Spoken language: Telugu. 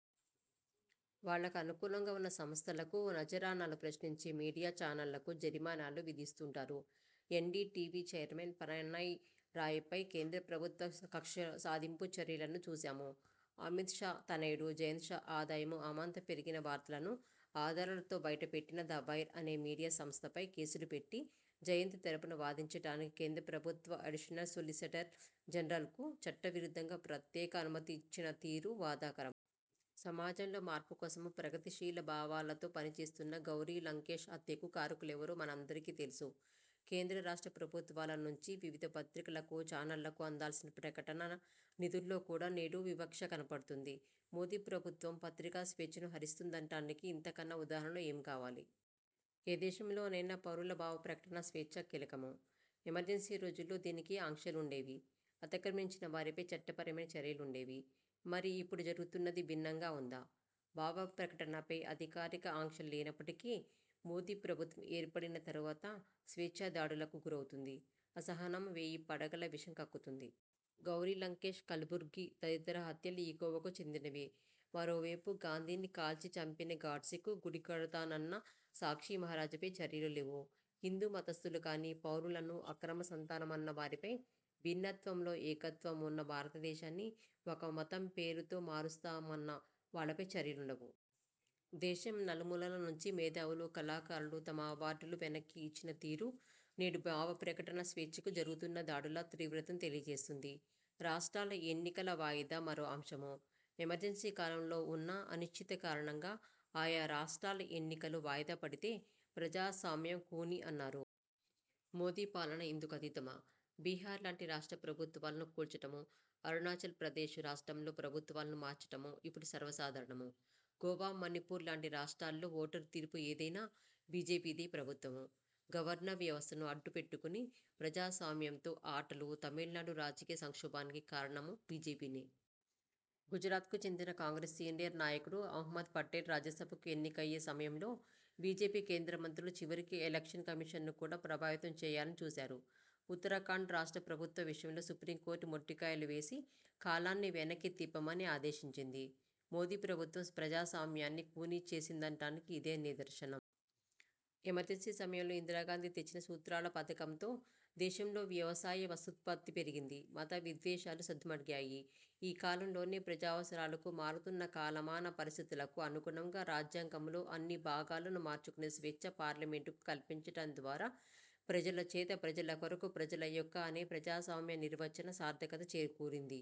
వాళ్లకు అనుకూలంగా ఉన్న సంస్థలకు నజరానాలు, ప్రశ్నించే మీడియా ఛానళ్లకు జరిమానాలు విధిస్తున్నారు. NDTV chairman Pranoy Roy పై కేంద్రప్రభుత్వ కక్షసాధింపు చర్యలను చూశాము. అమిత్ షా తనయుడు, జయంత్ షా ఆదాయం అమాంతం పెరిగిన వార్తను ఆధారాలతో బయటపెట్టిన 'ద వైర్' అనే మీడియా సంస్థపై కేసులు పెట్టి, జయంత్ తరుపున వాదించటానికి కేంద్ర ప్రభుత్వ అడిషనల్ సోలిసిటర్ జనరల్కు చట్ట విరుద్ధంగా ప్రత్యేక అనుమతిచ్చిన తీరు బాధాకరం. సమాజంలో మార్పుకోసం, ప్రగతిశీల భావాలతో పనిచేస్తున్న గౌరి లంకేశ్ హత్యకు కారకులెవరో మనందరికీ తెలుసు. కేంద్ర, రాష్ట్ర ప్రభుత్వాలనుంచి వివిధ పత్రికలకు, చానళ్ళకు అందాల్సిన ప్రకటన నిధుల్లో కూడా నేడు వివక్ష కనబడుతుంది. మోదీ ప్రభుత్వం పత్రికా స్వేచ్ఛను హరిస్తు న్నదనటానికి ఇంతకన్నా ఉదాహరణలు ఏం కావాలి? ఏ దేశంలోనైనా, పౌరుల భావప్రకటన స్వేచ్ఛ కీలకం. ఎమర్జెన్సీ రోజుల్లో దీనిపై ఆంక్షలుండేవి. అతిక్రమించిన వారిపై చట్టపరమైన చర్యలుండేవి. మరి, ఇప్పుడు జరుగుతున్నది భిన్నంగా ఉందా? భావప్రకటనపై అధికారిక ఆంక్షలు లేనప్పటికీ, మోదీ ప్రభుత్వం ఏర్పడిన తరువాత స్వేచ్ఛ దాడులకు గురవుతుంది. 'అసహనం' వేయి పడగల విషం కక్కుతుంది. గౌరి లంకేశ్, కల్బుర్గి తదితరుల హత్యలు ఈ కోవకు చెందినవే. మరోవైపు, గాంధీని కాల్చి చంపిన గాడ్సేకు గుడికడతానన్న సాక్షిమహారాజ్ పై చర్యలు లేవు. హిందూ మతస్థులు కాని పౌరులను అక్రమ సంతానమన్నవారిపై, భిన్నత్వంలో ఏకత్వంవున్న భారతదేశాన్ని ఒక మతం పేరుతో మారుస్తామన్న వాళ్లపై చర్యలుండవు. దేశం నలుమూలల నుంచి మేధావులు, కళాకారులు తమ అవార్డులు వెనక్కి ఇచ్చిన తీరు నేడు భావప్రకటన స్వేచ్ఛపై జరుగుతున్న దాడుల తీవ్రతను తెలియజేస్తుంది. రాష్ట్రాల ఎన్నికల వాయిదా మరో అంశం. ఎమర్జెన్సీ కాలంలోవున్న అనిశ్చితి కారణంగా ఆయా రాష్టాల ఎన్నికలు వాయిదాపడితే ప్రజాస్వామ్యం ఖూనీ అన్నారు. మోదీ పాలన ఇందుకు అతీతమా? బిహార్ లాంటి రాష్ట్ర ప్రభుత్వాలను కూల్చటం, అరుణాచల్ ప్రదేశ్ రాష్ట్రంలో ప్రభుత్వాలను మార్చటం ఇపుడు సర్వసాధారణం. గోవా, మణిపూర్ లాంటి రాష్టాల్లో ఓటరు తీర్పు ఏదైనా బీజేపీదే ప్రభుత్వం. గవర్నర్ వ్యస్థను అడ్డం పెట్టుకుని, ప్రజాస్వామ్యంతో ఆటలు. తమిళనాడు రాజకీయ సంక్షోభానికి కారణం బీజేపీనే. గుజరాత్కు చెందిన కాంగ్రెస్ సీనియర్ నాయకుడు అహమ్మద్ పటేల్ రాజ్యసభకు ఎన్నికయ్యే సమయంలో బీజేపీ కేంద్రమంత్రులు చివరికి ఎలక్షన్ కమిషన్ను కూడా ప్రభావితం చేయాలని చూసారు. ఉత్తరాఖండ్ రాష్ట్ర ప్రభుత్వ విషయంలో సుప్రీంకోర్టు మొట్టికాయలు వేసి, కాలాన్ని వెనక్కి తిప్పమని ఆదేశించింది. మోదీ ప్రభుత్వం ప్రజాస్వామ్యాన్ని ఖూనీ చేసిందనటానికి ఇదే నిదర్శనం. ఎమర్జెన్సీ సమయంలో ఇందిరాగాంధీ తెచ్చిన సూత్రాల పథకంతో దేశంలో వ్యవసాయ, వస్తూత్పత్తి పెరిగింది. మత విద్వేషాలు సద్దుమణిగాయి. ఈ కాలంలోనే, ప్రజావసరాలకు, మారుతున్న కాలమాన పరిస్థితులకు అనుగుణంగా రాజ్యాంగంలో అన్ని భాగాలను మార్చుకునే స్వేచ్ఛ పార్లమెంటుకు కల్పించటం ద్వారా 'ప్రజల చేత, ప్రజల కొరకు, ప్రజల యొక్క' అనే ప్రజాస్వామ్య నిర్వచనం సార్థకత చేకూరింది.